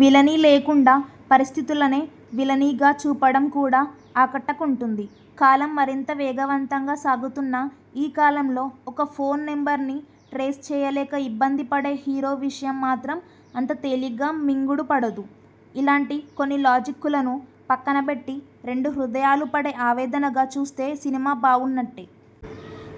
Villainy లేకుండా పరిస్థితులనే విలనీగా చూపడం కూడా ఆకట్టకుంటుంది. కాలం మరింత వేగవంతంగా సాగుతున్న ఈ కాలంలో ఒక్క ఫోన్ నెంబర్ని ట్రేస్ చేయలేక ఇబ్బందిపడే హీరో విషయం మాత్రం అంత తేలిగ్గా మింగుడుపడదు. ఇలాంటి కొన్ని లాజిక్కులను పక్కనపెట్టి, రెండు హృదయాలు పడే ఆవేదనగా చూస్తే సినిమా బావున్నట్టే.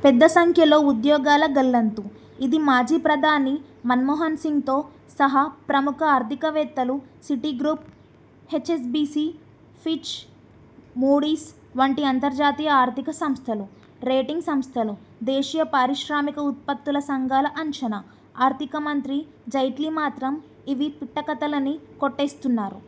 పెద్ద సంఖ్యలో ఉద్యోగాల గల్లంతు. ఇది మాజీ ప్రధాని మన్మోహన్సింగ్తో సహా ప్రముఖ ఆర్థికవేత్తలు, సిటిగ్రూప్, హెచ్ఎస్బిసి, ఫిచ్, మూడీస్ వంటి అంతర్జాతీయ ఆర్థిక సంస్థలు, రేటింగ్ సంస్థలు, దేశీయ పారిశ్రామిక ఉత్పత్తుల సంఘాల అంచనా. ఆర్థిక మంత్రి జైట్లీ మాత్రం ఇవి పిట్ట కథలని కొట్టేస్తున్నారు.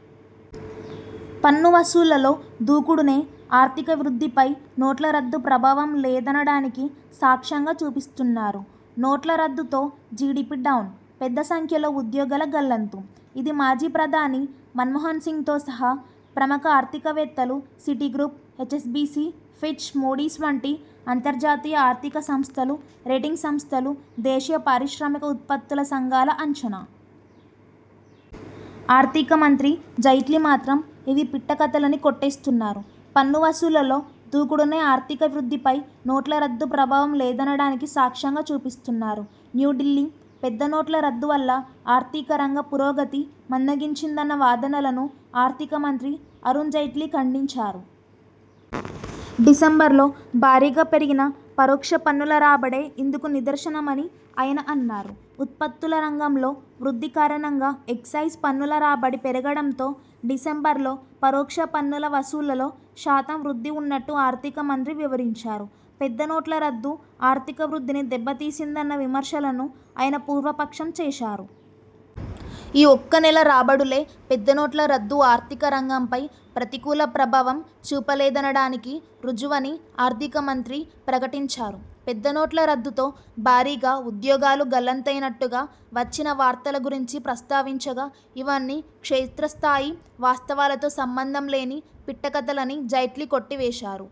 పన్ను వసూళ్లలో దూకుడునే ఆర్థిక వృద్ధిపై నోట్ల రద్దు ప్రభావం లేదనడానికి సాక్ష్యంగా చూపిస్తున్నారు. నోట్ల రద్దుతో జిడిపి డౌన్. పెద్ద సంఖ్యలో ఉద్యోగాల గల్లంతు. ఇది మాజీ ప్రధాని మన్మోహన్సింగ్తో సహా ప్రముఖ ఆర్థికవేత్తలు, సిటిగ్రూప్, హెచ్ఎస్బిసి, ఫిచ్, మూడీస్ వంటి అంతర్జాతీయ ఆర్థిక సంస్థలు, రేటింగ్ సంస్థలు, దేశీయ పారిశ్రామిక ఉత్పత్తుల సంఘాల అంచనా. ఆర్థిక మంత్రి జైట్లీ మాత్రం ఇవి పిట్ట కథలని కొట్టేస్తున్నారు. పన్ను వసూళ్లలో దూకుడునే ఆర్థిక వృద్ధిపై నోట్ల రద్దు ప్రభావం లేదనడానికి సాక్ష్యంగా చూపిస్తున్నారు. న్యూఢిల్లీ: పెద్ద నోట్ల రద్దు వల్ల ఆర్థికరంగ పురోగతి మందగించిందన్న వాదనలను ఆర్థిక మంత్రి అరుణ్ జైట్లీ ఖండించారు. డిసెంబర్లో భారీగా పెరిగిన పరోక్ష పన్నుల రాబడే ఇందుకు నిదర్శనమని ఆయన అన్నారు. ఉత్పత్తుల రంగంలో వృద్ధి కారణంగా ఎక్సైజ్ పన్నుల రాబడి పెరగడంతో డిసెంబర్లో పరోక్ష పన్నుల వసూళ్లలో శాతం వృద్ధి ఉన్నట్టు ఆర్థిక మంత్రి వివరించారు. పెద్ద నోట్ల రద్దు ఆర్థిక వృద్ధిని దెబ్బతీసిందన్న విమర్శలను ఆయన పూర్వపక్షం చేశారు. ఈ ఒక్క నెల రాబడులే, పెద్ద నోట్ల రద్దు ఆర్థిక రంగంపై ప్రతికూల ప్రభావం చూపలేదనడానికి రుజువని ఆర్థిక మంత్రి ప్రకటించారు. పెద్ద నోట్ల రద్దుతో భారీగా ఉద్యోగాలు గల్లంతైనట్టుగా వచ్చిన వార్తల గురించి ప్రస్తావించగా, ఇవన్నీ క్షేత్రస్థాయి వాస్తవాలతో సంబంధంలేని పిట్ట కథలని జైట్లీ కొట్టివేశారు.